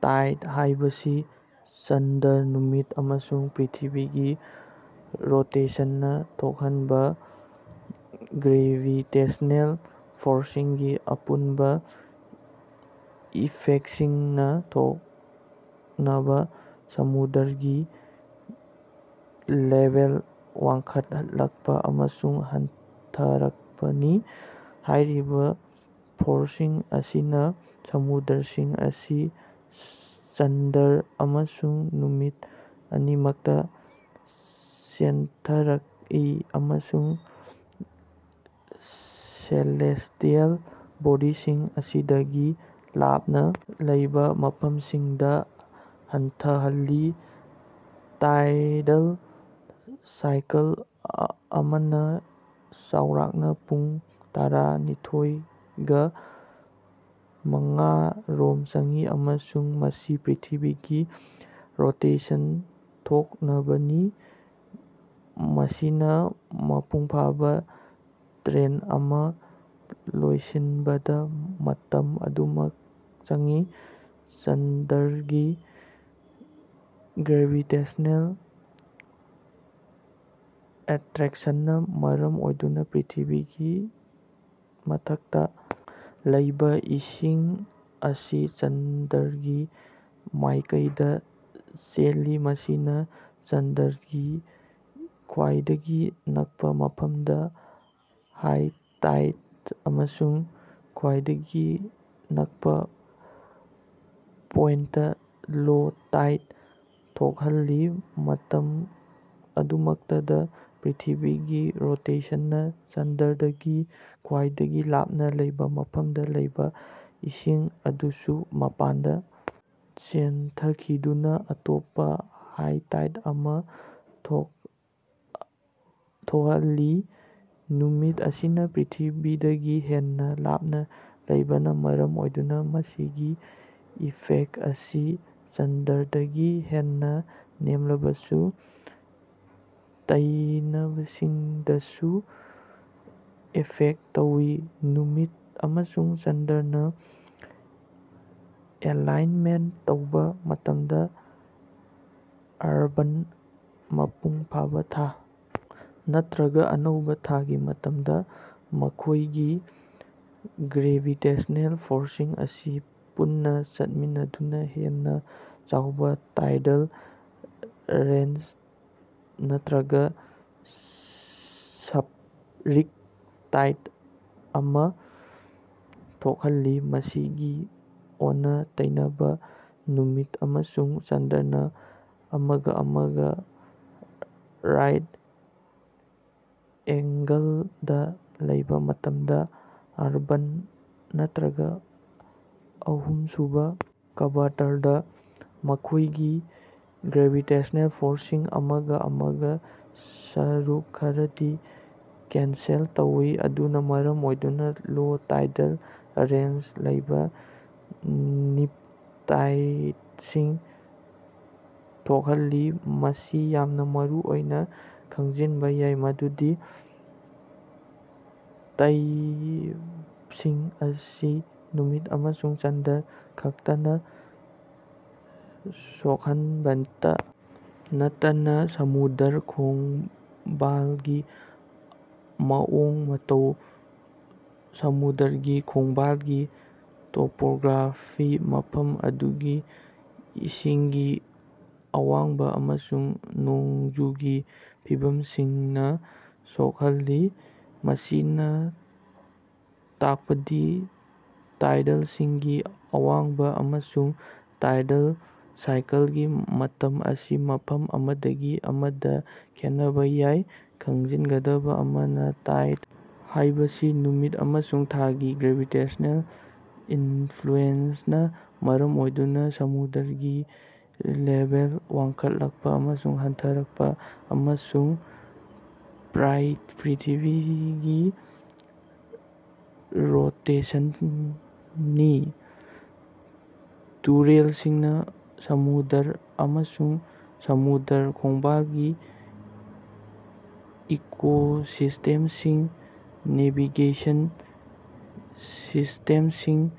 ꯇꯥꯏꯗ ꯍꯥꯏꯕꯁꯤ ꯆꯟꯗ꯭ꯔ, ꯅꯨꯃꯤꯠ ꯑꯃꯁꯨꯡ ꯄ꯭ꯔ꯭ꯤꯊꯤꯕꯤꯒꯤ ꯔꯣꯇꯦꯁꯟꯅ ꯊꯣꯛꯅꯕ ꯒ꯭ꯔꯦꯚꯤꯇꯦꯁꯅꯦꯜ ꯐꯣꯔꯁꯤꯡꯒꯤ ꯑꯄꯨꯟꯕ ꯏꯐꯦꯛꯁꯤꯡꯅ ꯊꯣꯛꯅꯕ ꯁꯃꯨꯗ꯭ꯔꯒꯤ ꯂꯦꯚꯦꯜ ꯋꯥꯡꯈꯠꯂꯛꯄ ꯑꯃꯁꯨꯡ ꯍꯟꯊꯔꯛꯄꯅꯤ꯫ ꯍꯥꯏꯔꯤꯕ ꯐꯣꯔꯁꯤꯡ ꯑꯁꯤꯅ ꯁꯃꯨꯗ꯭ꯔꯁꯤꯡ ꯑꯁꯤ ꯆꯟꯗ꯭ꯔ ꯑꯃꯁꯨꯡ ꯅꯨꯃꯤꯠ ꯑꯅꯤꯃꯛꯇ ꯆꯦꯟꯊꯔꯀꯏ, ꯑꯃꯁꯨꯡ ꯁꯦꯂꯦꯁ꯭ꯇꯤꯑꯦꯜ ꯕꯣꯗꯤꯁꯤꯡ ꯑꯁꯤꯗꯒꯤ ꯂꯥꯞꯅ ꯂꯩꯕ ꯃꯐꯝꯁꯤꯡꯗ ꯍꯟꯊꯍꯜꯂꯤ꯫ ꯇꯥꯏꯗꯜ ꯁꯥꯏꯀꯜ ꯑꯃꯅ ꯆꯥꯎꯔꯥꯛꯅ ꯄꯨꯡ ꯇꯔꯥ ꯅꯤꯊꯣꯏꯒ꯬ ꯃꯉꯥ ꯔꯣꯝ ꯆꯪꯏ ꯑꯃꯁꯨꯡ ꯃꯁꯤ ꯄ꯭ꯔ꯭ꯤꯊꯤꯕꯤꯒꯤ ꯔꯣꯇꯦꯁꯟ ꯊꯣꯛꯅꯕꯅꯤ, ꯃꯁꯤꯅ ꯃꯄꯨꯡꯐꯥꯕ ꯇꯔꯟ ꯑꯃ ꯂꯣꯏꯁꯤꯟꯕꯗ ꯃꯇꯝ ꯑꯗꯨꯃꯛ ꯆꯪꯏ꯫ ꯆꯟꯗ꯭ꯔꯒꯤ ꯒ꯭ꯔꯦꯚꯤꯇꯦꯁꯅꯦꯜ ꯑꯦꯠꯔꯦꯛꯁꯟꯅ ꯃꯔꯝ ꯑꯣꯏꯗꯨꯅ ꯄ꯭ꯔ꯭ꯤꯊꯤꯕꯤꯒꯤ ꯃꯊꯛꯇ ꯂꯩꯕ ꯏꯁꯤꯡ ꯑꯁꯤ ꯆꯟꯗ꯭ꯔꯒꯤ ꯃꯥꯏꯀꯩꯗ ꯆꯦꯜꯂꯤ꯫ ꯃꯁꯤꯅ ꯆꯟꯗ꯭ꯔꯒꯤ ꯈ꯭ꯋꯥꯏꯗꯒꯤ ꯅꯛꯄ ꯃꯐꯝꯗ ꯍꯥꯏ ꯇꯥꯏꯗ ꯑꯃꯁꯨꯡ ꯈ꯭ꯋꯥꯏꯗꯒꯤ ꯅꯛꯄ ꯄꯣꯏꯟꯠꯇ ꯂꯣ ꯇꯥꯏꯗ ꯊꯣꯛꯈꯜꯂꯤ꯫ ꯃꯇꯝ ꯑꯗꯨꯃꯛꯇꯗ ꯄ꯭ꯔ꯭ꯤꯊꯤꯕꯤꯒꯤ ꯔꯣꯇꯦꯁꯟꯅ ꯆꯟꯗ꯭ꯔꯗꯒꯤ ꯈ꯭ꯋꯥꯏꯗꯒꯤ ꯂꯥꯞꯅ ꯂꯩꯕ ꯃꯐꯝꯗ ꯂꯩꯕ ꯏꯁꯤꯡ ꯑꯗꯨꯁꯨ ꯃꯄꯥꯟꯗ ꯆꯦꯟꯊꯈꯤꯗꯨꯅ ꯑꯇꯣꯞꯄ ꯍꯥꯏ ꯇꯥꯏꯗ ꯑꯃꯥ ꯊꯣꯈꯜꯂꯤ꯫ ꯅꯨꯃꯤꯠ ꯑꯁꯤꯅ ꯄ꯭ꯔ꯭ꯤꯊꯤꯕꯤꯗꯒꯤ ꯍꯦꯟꯅ ꯂꯥꯞꯅ ꯂꯩꯕꯅ ꯃꯔꯝ ꯑꯣꯏꯗꯨꯅ ꯃꯁꯤꯒꯤ ꯏꯐꯦꯛꯇ ꯑꯁꯤ ꯆꯟꯗ꯭ꯔꯗꯒꯤ ꯍꯦꯟꯅ ꯅꯦꯝꯂꯕꯁꯨ ꯇꯩꯅꯕꯁꯤꯡꯗꯁꯨ ꯏꯐꯦꯛꯇ ꯇꯧꯏ꯫ ꯅꯨꯃꯤꯠ ꯑꯃꯁꯨꯡ ꯆꯟꯗ꯭ꯔꯅ ꯑꯦꯂꯥꯏꯟꯃꯦꯟꯇ ꯇꯧꯕ ꯃꯇꯝꯗ (ꯑꯔꯕꯥꯟ, ꯃꯄꯨꯡ ꯐꯥꯕ ꯊꯥ ꯅꯠꯠꯔꯒ ꯑꯅꯧꯕ ꯊꯥꯒꯤ ꯃꯇꯝꯗ) ꯃꯈꯣꯏꯒꯤ ꯒ꯭ꯔꯦꯚꯤꯇꯦꯁꯅꯦꯜ ꯐꯣꯔꯁꯤꯡ ꯑꯁꯤ ꯄꯨꯟꯅ ꯆꯠꯃꯤꯟꯅꯗꯨꯅ ꯍꯦꯟꯅ ꯆꯥꯎꯕ ꯇꯥꯏꯗꯜ ꯔꯦꯟꯖ ꯅꯠꯇꯔꯒ ꯁ꯭ꯞꯔꯤꯡ ꯇꯥꯏꯗ ꯑꯃꯥ ꯊꯣꯈꯜꯂꯤ꯫ ꯃꯁꯤꯒꯤ ꯑꯣꯟꯅ-ꯇꯩꯅꯕꯗ, ꯅꯨꯃꯤꯠ ꯑꯃꯁꯨꯡ ꯆꯟꯗ꯭ꯔꯅ ꯑꯃꯒ ꯑꯃꯒ ꯔꯥꯏꯠ ꯑꯦꯉ꯭ꯒꯂꯗꯥ ꯂꯩꯕꯥ ꯃꯇꯝꯗ (ꯑꯔꯕꯥꯟ ꯅꯠꯇꯔꯒ ꯑꯍꯨꯃꯁꯨꯕ ꯀ꯭ꯕꯥꯔꯇꯔꯗꯥ) ꯃꯈꯣꯏꯒꯤ ꯒ꯭ꯔꯦꯚꯤꯇꯦꯁꯅꯦꯜ ꯐꯣꯔꯁꯤꯡꯅ ꯑꯃꯒ ꯑꯃꯒ ꯁꯔꯨꯛ ꯈꯔꯗꯤ ꯀꯦꯟꯁꯦꯜ ꯇꯧꯏ, ꯃꯗꯨꯅ ꯃꯔꯝ ꯑꯣꯏꯗꯨꯅ ꯂꯣ ꯇꯥꯏꯗꯜ ꯔꯦꯟꯖ ꯂꯩꯕ ꯅꯤꯞ ꯇꯥꯏꯗꯁꯤꯡ ꯊꯣꯈꯜꯂꯤ꯫ ꯃꯁꯤ ꯌꯥꯝꯅꯥ ꯃꯔꯨꯑꯣꯏꯅ ꯈꯡꯖꯤꯟꯕ ꯌꯥꯏ ꯃꯗꯨꯗꯤ ꯇꯩꯌꯕꯁꯤꯡ ꯑꯁꯤ ꯅꯨꯃꯤꯠ ꯑꯃꯁꯨꯡ ꯆꯟꯗ꯭ꯔ ꯈꯛꯇꯅ ꯁꯣꯈꯅꯕꯇ ꯅꯠꯇꯅ ꯁꯃꯨꯗ꯭ꯔ ꯈꯣꯡꯕꯥꯂꯒꯤ ꯃꯑꯣꯡ ꯃꯇꯧ, ꯁꯃꯨꯗ꯭ꯔꯒꯤ ꯈꯣꯡꯕꯥꯜꯒꯤ ꯇꯣꯄꯣꯒ꯭ꯔꯥꯐꯤ, ꯃꯐꯝ ꯑꯗꯨꯒꯤ ꯏꯁꯤꯡꯒꯤ ꯑꯋꯥꯡꯕ, ꯑꯃꯁꯨꯡ ꯅꯣꯡꯖꯨꯒꯤ ꯐꯤꯕꯝꯁꯤꯡꯅ ꯁꯣꯈꯜꯂꯤ꯫ ꯃꯁꯤꯅ ꯇꯥꯜꯄꯗꯤ ꯇꯥꯏꯗꯁꯤꯡꯒꯤ ꯑꯋꯥꯡꯕ ꯑꯃꯁꯨꯡ ꯇꯥꯏꯗꯜ ꯁꯥꯏꯀꯜꯒꯤ ꯃꯇꯝ ꯑꯁꯤ ꯃꯐꯝ ꯑꯃꯗꯒꯤ ꯑꯃꯗ ꯈꯦꯠꯅꯕ ꯌꯥꯏ꯫ ꯈꯪꯖꯤꯟꯒꯗꯕ ꯑꯃꯅ, ꯇꯥꯏꯗ ꯍꯥꯌꯕꯁꯤ ꯅꯨꯃꯤꯠ ꯑꯃꯁꯨꯡ ꯊꯥꯒꯤ ꯒ꯭ꯔꯦꯚꯤꯇꯦꯁꯅꯦꯜ ꯏꯅꯐ꯭ꯂꯨꯑꯦꯟꯖꯥꯅ ꯃꯔꯝ ꯑꯣꯏꯗꯨꯅ ꯁꯃꯨꯗ꯭ꯔꯒꯤ ꯂꯦꯚꯦꯜ ꯋꯥꯡꯈꯠꯂꯀꯄ ꯑꯃꯁꯨꯡ ꯍꯟꯊꯔꯀꯄ, ꯑꯃꯁꯨꯡ ꯄ꯭ꯔ꯭ꯏꯊꯤꯕꯤꯒꯤ ꯔꯣꯇꯦꯁꯟꯅꯤ꯫ ꯇꯨꯔꯦꯜꯁꯤꯡꯅ ꯁꯃꯨꯗ꯭ꯔ ꯑꯃꯁꯨꯡ ꯁꯃꯨꯗ꯭ꯔ ꯈꯣꯡꯕꯥꯜꯒꯤ ꯏꯀꯣꯁꯤꯁ꯭ꯇꯦꯝꯁꯤꯡ, ꯅꯦꯚꯤꯒꯦꯁꯟ ꯁꯤꯁ꯭ꯇꯦꯃꯁꯤꯡ,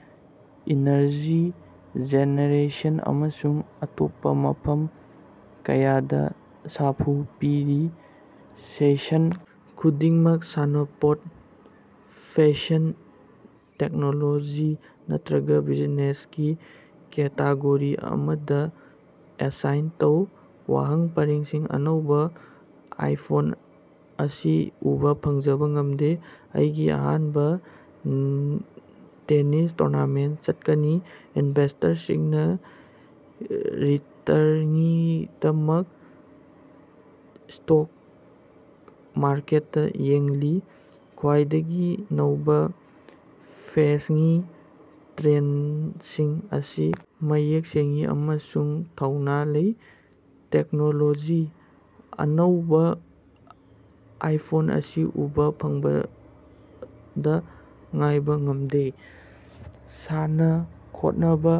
ꯏꯅꯔꯖꯤ ꯖꯦꯅꯦꯔꯦꯁꯟ ꯑꯃꯁꯨꯡ ꯑꯇꯣꯞꯄ ꯃꯐꯝ ꯀꯌꯥꯗ ꯁꯥꯐꯨ ꯄꯤꯔꯤ꯫ ꯁꯦꯟꯁꯟ ꯈꯨꯗꯤꯡꯃꯛ ꯁꯥꯟꯅꯄꯣꯠ, ꯐꯦꯁꯟ, ꯇꯦꯛꯅꯣꯂꯣꯖꯤ ꯅꯠꯇꯔꯒ ꯕꯤꯖꯤꯅꯦꯁꯀꯤ ꯀꯦꯇꯦꯒꯣꯔꯤ ꯑꯃꯗ ꯑꯦꯁꯥꯏꯟ ꯇꯧ꯫ ꯋꯥꯍꯩ ꯄꯔꯦꯡꯁꯤꯡ: -ꯑꯅꯧꯕ ꯑꯥꯏꯐꯣꯟ ꯑꯁꯤ ꯎꯕ ꯐꯪꯖꯕ ꯉꯝꯗꯦ꯫ -ꯑꯩꯒꯤ ꯑꯍꯥꯟꯕ ꯇꯦꯅꯤꯁ ꯇꯨꯔꯅꯥꯃꯦꯟꯠ ꯆꯠꯀꯅꯤ꯫ -ꯏꯟꯚꯦꯁ꯭ꯇꯔꯁꯤꯡꯅ ꯔꯤꯇꯔꯉꯤꯗꯃꯛ ꯁ꯭ꯇꯣꯛ ꯃꯥꯔꯀꯦꯠꯇ ꯌꯦꯡꯂꯤ꯫ -ꯈ꯭ꯋꯥꯏꯗꯒꯤ ꯅꯧꯕ ꯐꯦꯁꯉꯤ ꯇ꯭ꯔꯦꯟꯗꯁꯤꯡ ꯑꯁꯤ ꯃꯌꯦꯛ ꯁꯦꯡꯏ ꯑꯃꯁꯨꯡ ꯊꯧꯅꯥ ꯂꯩ꯫ ꯇꯦꯛꯅꯣꯂꯣꯖꯤ: ꯑꯅꯧꯕ ꯑꯥꯏꯐꯣꯟ ꯑꯁꯤ ꯎꯕ ꯐꯪꯕꯗ ꯉꯥꯏꯕ ꯉꯝꯗꯦ꯫ ꯁꯥꯟꯅ-ꯈꯣꯠꯅꯕ: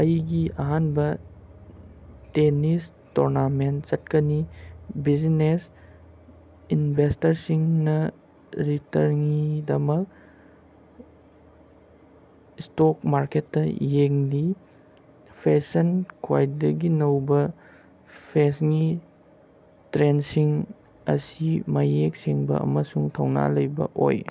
ꯑꯩꯒꯤ ꯑꯍꯥꯟꯕ ꯇꯦꯅꯤꯁ ꯇꯨꯔꯅꯥꯃꯦꯟꯇ ꯆꯠꯀꯅꯤ꯫ ꯕꯤꯖꯤꯅꯦꯁ: ꯏꯅꯚꯦꯁ꯭ꯇꯔꯁꯤꯡꯅ ꯔꯤꯇꯔꯉꯤꯗꯃꯛ ꯁ꯭ꯇꯣꯛ ꯃꯥꯔꯀꯦꯠꯇ ꯌꯦꯡꯂꯤ꯫ ꯐꯦꯁꯟ: ꯈ꯭ꯋꯥꯏꯗꯒꯤ ꯅꯧꯕ ꯐꯦꯁꯉꯤ ꯇ꯭ꯔꯦꯟꯗꯁꯤꯡ ꯑꯁꯤ ꯃꯌꯦꯛ ꯁꯦꯡꯕ ꯑꯃꯁꯨꯡ ꯊꯧꯅꯥ ꯂꯩꯕ ꯑꯣꯏ꯫